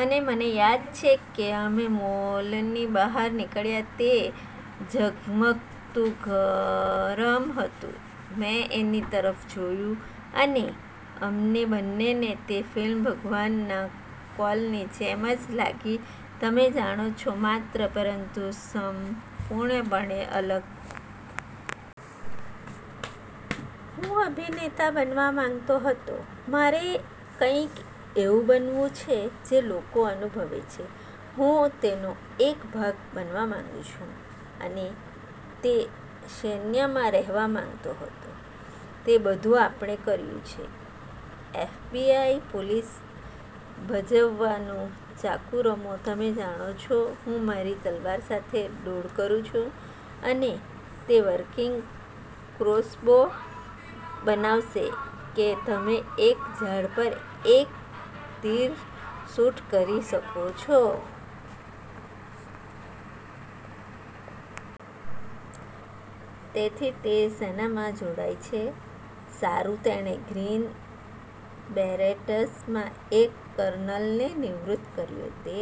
અને મને યાદ છે કે અમે મોલની બહાર નીકળ્યા, તે ઝગમગતું ગરમ હતું, મેં એની તરફ જોયું, અને અમને બંનેને તે ફિલ્મ ભગવાનના કોલની જેમ જ લાગી. તમે જાણો છો? માત્ર પરંતુ સંપૂર્ણપણે અલગ. હું અભિનેતા બનવા માંગતો હતો. મારે કંઈક એવું બનવું છે જે લોકો અનુભવે છે. હું તેનો એક ભાગ બનવા માંગું છું. અને તે સૈન્યમાં રહેવા માંગતો હતો. તે બધું આપણે કર્યું છે, એફબીઆઈ, પોલીસ ભજવવાનું ચાકુ રમો, તમે જાણો છો, હું મારી તલવાર સાથે ડોળ કરું છું, અને તે વર્કિંગ ક્રોસબો બનાવશે કે તમે એક ઝાડ પર એક તીર શૂટ કરી શકો છો. તેથી તે સેનામાં જોડાય છે. સારું, તેણે ગ્રીન બેરેટ્સમાં એક કર્નલને નિવૃત્ત કર્યો. તે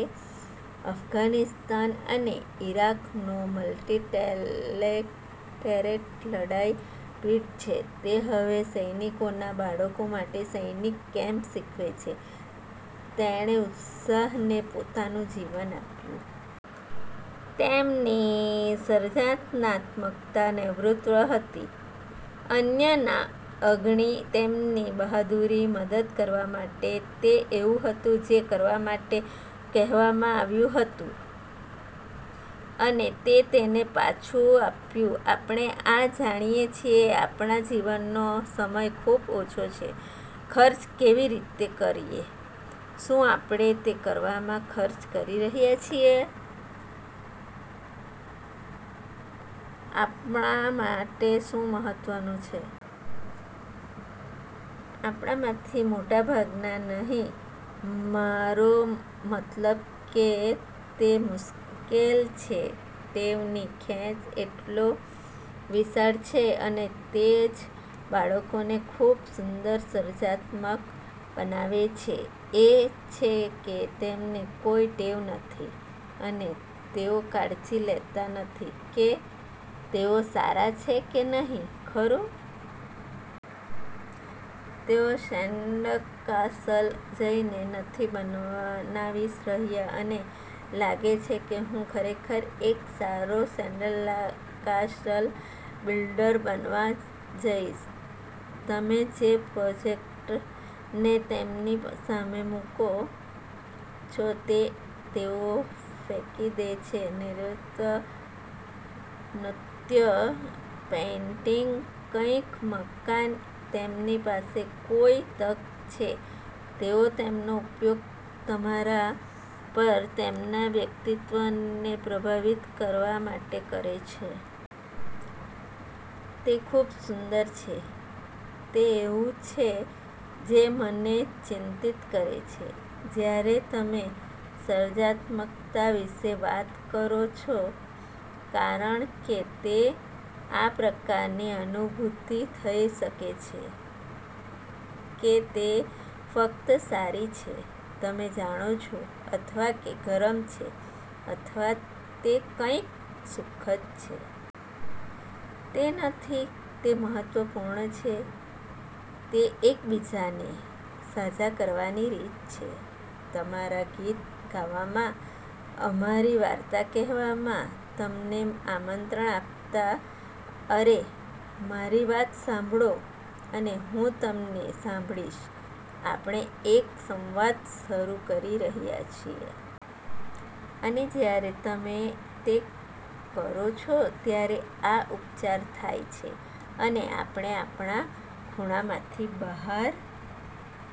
અફઘાનિસ્તાન અને ઇરાકનો મલ્ટિટેલેકટેરેટ લડાઇ પીઢ છે. તે હવે સૈનિકોના બાળકો માટે સૈનિક કેમ્પ શીખવે છે. તેણે ઉત્સાહને પોતાનું જીવન આપ્યું. તેમની સર્જનાત્મકતા નેતૃત્વ હતી, અન્યના અગણી, તેમની બહાદુરી, મદદ કરવા માટે. તે એવું હતું જે કરવા માટે કહેવામાં આવ્યું હતું, અને તે તેને પાછું આપ્યું. આપણે આ જાણીએ છીએ આપણા જીવનનો સમય ખૂબ ઓછો છે, ખર્ચ કેવી રીતે કરીએ શું આપડે તે કરવામાં ખર્ચ કરી રહ્યા છીએ આપમાં માટે શું મહત્વનું છે? આપણામાંથી મોટા ભાગના નહી. મારો મતલબ કે તે મુશ્કેલ છે. ટેવની ખેંચ એટલો વિશાળ છે, અને તે જ બાળકોને ખૂબ સુંદર સર્જનાત્મક બનાવે છે, એ છે કે તેમને કોઈ ટેવ નથી, અને તેઓ કાળજી લેતા નથી કે તેઓ સારા છે કે નહીં, ખરું? તેઓ સેન્ડકાસલ જઈને નથી બનાનાવીસ રહ્યા, "અને લાગે છે કે હું ખરેખર એક સારો સેન્ડલાકાસલ બિલ્ડર બનવા જઈશ. " તમે જે પ્રોજેક્ટને તેમની સામે મુકો છો તે તેઓ ફેંકી દે છે નિરૂત નૃત્ય, પેઇન્ટિંગ, કંઈક મકાન: તેમની પાસે કોઈ તક છે, તેઓ તેમનો ઉપયોગ તમારા પર તેમના વ્યક્તિત્વને પ્રભાવિત કરવા માટે કરે છે. તે ખુબ સુંદર છે. તે એવું છે જે મને ચિંતિત કરે છે જ્યારે તમે સર્જાત્મકતા વિશે વાત કરો છો, કારણ કે તે આ પ્રકારની અનુભૂતિ થઈ શકે છે કે તે ફક્ત સારી છે, તમે જાણો છો, અથવા કે ગરમ છે અથવા તે કંઈક સુખદ છે. તે નથી. તે મહત્વપૂર્ણ છે. તે એકબીજાને સાજા કરવાની રીત છે. અમારા ગીત ગાવામાં, અમારી વાર્તા કહેવામાં, તમને આમંત્રણ આપતાં, "અરે, મારી વાત સાંભળો, અને હું તમને સાંભળીશ," આપણે એક સંવાદ શરૂ કરી રહ્યા છીએ. અને જ્યારે તમે તે કરો છો, ત્યારે આ ઉપચાર થાય છે, અને આપણે આપણા ખૂણામાંથી બહાર